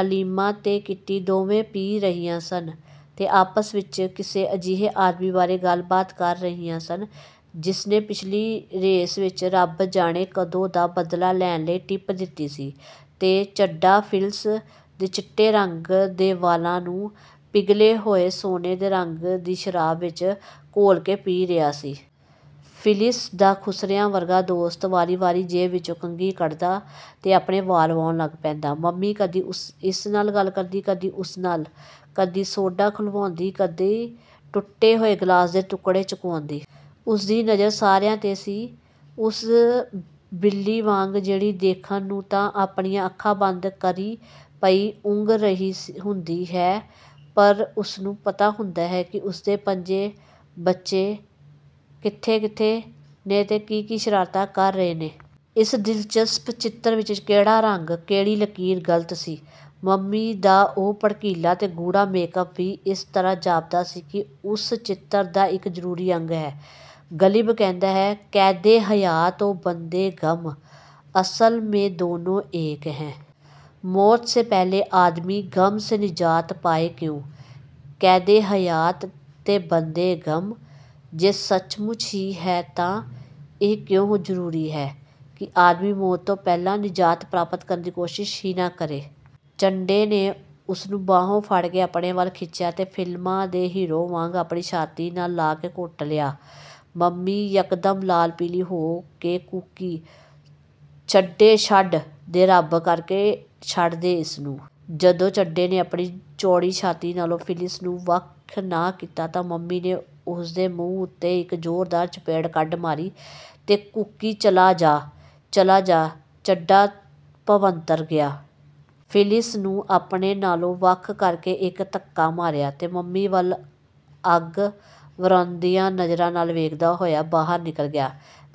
ਐਲੀਮਾ ਤੇ ਕਿਟੀ ਦੋਵੇਂ ਪੀ ਰਹੀਆਂ ਸਨ ਤੇ ਆਪਸ ਵਿਚ ਕਿਸੇ ਅਜਿਹੇ ਆਦਮੀ ਬਾਰੇ ਗੱਲਬਾਤ ਕਰ ਰਹੀਆਂ ਸਨ, ਜਿਸਨੇ ਪਿੱਛਲੀ ਰੇਸ ਵਿਚ ਰੱਬ ਜਾਣੇ ਕਦੋਂ ਦਾ ਬਦਲਾ ਲੈਣ ਲਈ ਟਿੱਪ ਦਿੱਤੀ ਸੀ। ਤੇ ਚੱਡਾ ਫਿਲਿਸ ਦੇ ਚਿਟੇ ਰੰਗੇ ਦੇ ਵਾਲਾਂ ਨੂੰ ਪਿਘਲੇ ਹੋਏ ਸੋਨੇ ਦੇ ਰੰਗ ਦੀ ਸ਼ਰਾਬ ਵਿਚ ਘੋਲ ਕੇ ਪੀ ਰਿਹਾ ਸੀ। ਫਿਲਿਸ ਦਾ ਖੁਸਰਿਆਂ ਵਰਗਾ ਦੋਸਤ ਵਾਰੀ-ਵਾਰੀ ਜੇਬ ਵਿਚੋਂ ਕੰਘੀ ਕੱਢਦਾ ਤੇ ਆਪਣੇ ਵਾਲ ਵਾਹੁਣ ਲੱਗ ਪੈਂਦਾ। ਮੰਮੀ ਕਦੀ ਇਸ ਨਾਲ ਗੱਲ ਕਰਦੀ, ਕਦੀ ਉਸ ਨਾਲ; ਕਦੀ ਸੋਢਾ ਖੁਲਵਾਉਂਦੀ, ਕਦੀ ਟੁੱਟੇ ਹੋਏ ਗਲਾਸ ਦੇ ਟੁਕੜੇ ਚੁਕਵਾਉਂਦੀ। ਉਸਦੀ ਨਜ਼ਰ ਸਾਰਿਆਂ 'ਤੇ ਸੀ, ਉਸ ਬਿੱਲੀ ਵਾਂਗ, ਜਿਹੜੀ ਦੇਖਣ ਨੂੰ ਤਾਂ ਆਪਣੀਆਂ ਅੱਖਾਂ ਬੰਦ ਕਰੀ ਪਈ ਊਂਂਘ ਰਹੀ ਹੁੰਦੀ ਹੈ, ਪਰ ਉਸਨੂੰ ਪਤਾ ਹੁੰਦਾ ਹੈ ਕਿ ਉਸਦੇ ਪੰਜੇ ਬੱਚੇ ਕਿੱਥੇ-ਕਿੱਥੇ ਨੇ ਤੇ ਕੀ-ਕੀ ਸ਼ਰਾਰਤਾਂ ਕਰ ਰਹੇ ਨੇ। ਇਸ ਦਿਲਚਸਪ ਚਿੱਤਰ ਵਿਚ ਕਿਹੜਾ ਰੰਗ, ਕਿਹੜੀ ਲਕੀਰ ਗ਼ਲਤ ਸੀ? ਮੰਮੀ ਦਾ ਉਹ ਭੜਕੀਲਾ ਤੇ ਗੂੜ੍ਹਾ ਮੇਕਅੱਪ ਵੀ ਇਸ ਤਰ੍ਹਾਂ ਜਾਪਦਾ ਸੀ ਕਿ ਉਸ ਚਿੱਤਰ ਦਾ ਇਕ ਜ਼ਰੂਰੀ ਅੰਗ ਹੈ। ਗ਼ਲਿਬ ਕਹਿੰਦਾ ਹੈ:- 'ਕੈਦੇ-ਹਯਾਤ-ਓ-ਬੰਦੇ ਗ਼ਮ, ਅਸਲ ਮੇਂ ਦੋਨੋਂ ਏਕ ਹੈਂ। ਮੌਤ ਸੇ ਪਹਿਲੇ ਆਦਮੀ ਗ਼ਮ ਸੇ ਨਿਜਾਤ ਪਾਏ ਕਿਉਂ? ' ਕੈਦੇ-ਹਯਾਤ ਤੇ ਬੰਦੇ-ਗ਼ਮ ਜੇ ਸੱਚਮੁੱਚ ਹੀ ਹੈ ਤਾਂ ਇਹ ਕਿਉਂ ਜ਼ਰੂਰੀ ਹੈ ਕਿ ਆਦਮੀ ਮੌਤ ਤੋਂ ਪਹਿਲਾਂ ਨਿਜਾਤ ਪ੍ਰਾਪਤ ਕਰਨ ਦੀ ਕੋਸ਼ਿਸ਼ ਹੀ ਨਾ ਕਰੇ? ਚੱਡੇ ਨੇ ਉਸਨੂੰ ਬਾਹੋਂ ਫੜ੍ਹ ਕੇ ਆਪਣੇ ਵੱਲ ਖਿੱਚਿਆ ਤੇ ਫ਼ਿਲਮਾਂ ਦੇ ਹੀਰੋ ਵਾਂਗ ਆਪਣੀ ਛਾਤੀ ਨਾਲ ਲਾ ਕੇ ਘੁੱਟ ਲਿਆ। ਮੰਮੀ ਯਕਦਮ ਲਾਲ-ਪੀਲੀ ਹੋ ਕੇ ਕੂਕੀ, "ਚੱਡੇ ਛੱਡ ਦੇ ਰਬ ਕਰਕੇ ਛੱਡ ਦੇ ਇਸਨੂੰ! " ਜਦੋਂ ਚੱਡੇ ਨੇ ਆਪਣੀ ਚੌੜੀ ਛਾਤੀ ਨਾਲੋਂ ਫਿਲਿਸ ਨੂੰ ਵੱਖ ਨਾ ਕੀਤਾ ਤਾਂ ਮੰਮੀ ਨੇ ਉਸਦੇ ਮੂੰਹ ਉੱਤੇ ਇਕ ਜ਼ੋਰਦਾਰ ਚਪੇੜ ਕੱਢ ਮਾਰੀ ਤੇ ਕੂਕੀ, "ਚਲਾ ਜਾ, ਚਲਾ ਜਾ" ਚੱਡਾ ਭਵੰਤਰ ਗਿਆ। ਫਿਲਿਸ ਨੂੰ ਆਪਣੇ ਨਾਲੋਂ ਵੱਖ ਕਰਕੇ ਇਕ ਧੱਕਾ ਮਾਰਿਆ ਤੇ ਮੰਮੀ ਵੱਲ ਅੱਗ ਵਰ੍ਹਾਂਦੀਆਂ ਨਜ਼ਰਾਂ ਨਾਲ ਵੇਖਦਾ ਹੋਇਆ ਬਾਹਰ ਨਿਕਲ ਗਿਆ।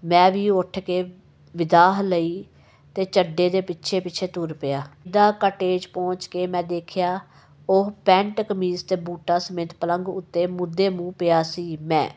ਮੈਂ ਵੀ ਉਠ ਕੇ ਵਿਦਾਅ ਲਈ ਤੇ ਚੱਡੇ ਦੇ ਪਿੱਛੇ-ਪਿੱਛੇ ਤੁਰ ਪਿਆ। ਸਈਦਾ ਕਾਟੇਜ ਪਹੁੰਚ ਕੇ ਮੈਂ ਦੇਖਿਆ ਉਹ ਪੈਂਟ, ਕਮੀਜ਼ ਤੇ ਬੂਟਾਂ ਸਮੇਤ, ਪਲੰਘ ਉੱਤੇ, ਮੂਧੇ- ਮੁੰਹ ਪਿਆ ਸੀ। ਮੈਂ